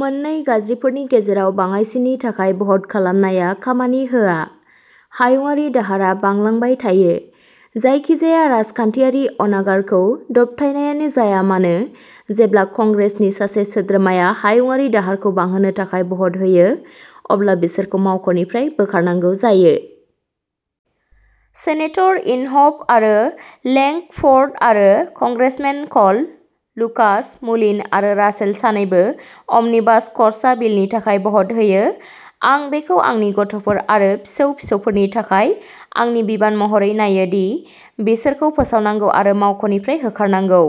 मोननै गाज्रिफोरनि गेजेराव बाङाइसिननि थाखाय भ'ट खालामनाया खामानि होआ, हायुंआरि दाहारआ बांलांबाय थायो, जायखिजाया राजखान्थियारि अनागारखौ दबथायनायानो जाया मानो। जेब्ला कंग्रेसनि सासे सोद्रोमाया हायुंआरि दाहारखौ बांहोनो थाखाय भ'ट होयो, अब्ला बिसोरखौ मावख'निफ्राय बोखारनांगौ जायो। सेनेटर इनहफ आरो लेंकफ'र्ड आरो कंग्रेसमेन क'ल, लुकास, मुलिन आरो रासेल सानैबो अमनिबास खर्सा बिलनि थाखाय भ'ट होयो। आं बेखौ आंनि गथ'फोर आरो फिसौ-फिसौफोरनि थाखाय आंनि बिबान महरै नायो दि बिसोरखौ फोसावनांगौ आरो मावख'निफ्राय होखारनांगौ।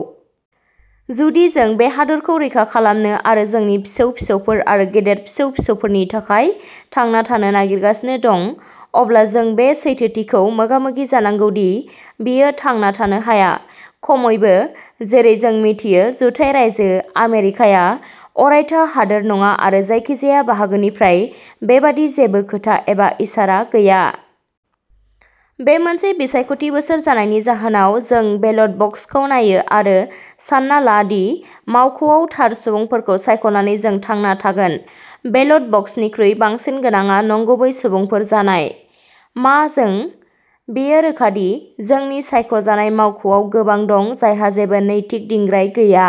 जुदि जों बे हादोरखौ रैखा खालामनो आरो जोंनि फिसौ-फिसौफोर आरो गेदेर फिसौ-फिसौफोरनि थाखाय थांना थानो नागिरगासिनो दं, अब्ला जों बे सैथोथिखौ मोगा-मोगि जानांगौ दि बेयो थांना थानो हाया! खमैबो, जेरै जों मिथियो। जुथाइ रायजो आमेरिकाया अरायथा हादोर नङा आरो जायखिजाया बाहागोनिफ्राय बेबादि जेबो खोथा एबा इसारा गैया। बे मोनसे बिसायख'थि बोसोर जानायनि जाहोनाव, जों बेलट बक्सखौ नायो आरो सानना ला दि मावख'आव थार सुबुंफोरखौ सायख'नानै जों थांना थागोन। बेलट बक्सनिख्रुइ बांसिन गोनांआ नंगुबै सुबुंफोर जानाय! मा जों? बेयो रोखा दि जोंनि सायख'जानाय मावख'आव गोबां दं जायहा जेबो नैतिक दिंग्राय गैया।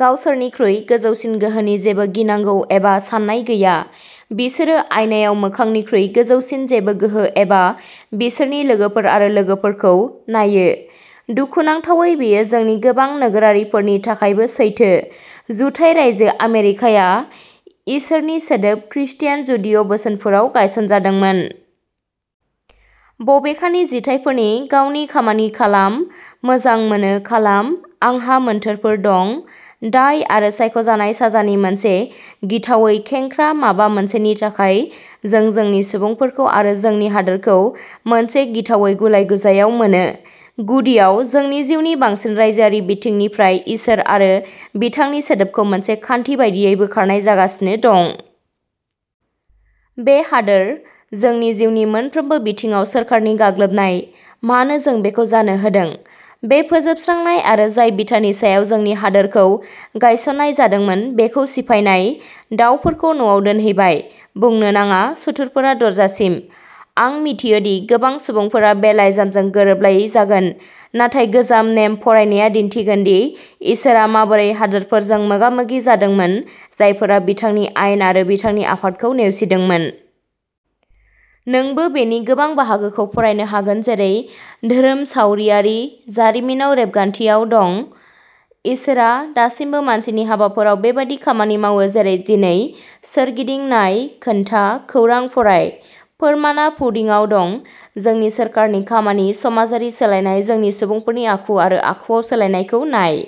गावसोरनिख्रुइ गोजौसिन गोहोनि जेबो गिनांगौ एबा सान्नाय गैया। बिसोरो आइनायाव मोखांनिख्रुइ गोजौसिन जेबो गोहो एबा बिसोरनि लोगोफोर आरो लोगोफोरखौ नायो। दुखुनांथावै बेयो जोंनि गोबां नोगोरारिफोरनि थाखायबो सैथो। जुथाइ रायजो आमेरिकाया इसोरनि सोदोब-- खृस्टान/जुडिय'बोसोनफोराव गायसनजादोंमोन। बबेखानि, जिथायफोरनि "गावनि खामानि खालाम", "मोजां मोनो, खालाम", "आंहा मोनथायफोर दं", दाय आरो सायख'जानाय साजानि मोनसे गिथावै खेंख्रा, माबा मोनसेनि थाखाय, जों जोंनि सुबुंफोरखौ आरो जोंनि हादोरखौ मोनसे गिथावै गुलाय-गुजायाव मोनो। गुदियाव, जोंनि जिउनि बांसिन रायजोआरि बिथिंनिफ्राय इसोर आरो बिथांनि सोदोबखौ मोनसे खान्थि बायदियै बोखारनाय जागासिनो दं। बे हादोर। जोंनि जिउनि मोनफ्रोमबो बिथिङाव सोरखारनि गाग्लोबनाय। मानो जों बेखौ जानो होदों? बे फोजोबस्रांनाय आरो जाय बिथानि सायाव जोंनि हादोरखौ गायसननाय जादोंमोन, बेखौ सिफायनाय, दावफोरखौ न'आव दोनहैबाय। बुंनो नाङा, सुथुरफोरा दरजासिम। आं मिथियो दि गोबां सुबुंफोरा बे लाइजामजों गोरोबलायै जागोन, नाथाय गोजाम नेम फरायनाया दिन्थिगोनदि इसोरआ माबोरै हादोरफोरजों मोगा-मोगि जादोंमोन जायफोरा बिथांनि आयेन आरो बिथांनि आफादखौ नेवसिदोंमोन। नोंबो बेनि गोबां बाहागोखौ फरायनो हागोन जेरै धोरोमसावरियारि जारिमिनाव रेबगान्थिनाय दं। इसोरआ दासिमबो मानसिनि हाबाफोराव बेबादि खामानि मावो जेरै दिनै। सोरगिदिं नाय, खोनथा, खौरां फराय। फोरमानआ पुडिंआव दं! जोंनि सोरखारनि खामानि, समाजारि सोलायनाय, जोंनि सुबुंफोरनि आखु आरो आखुआव सोलायनायखौ नाय।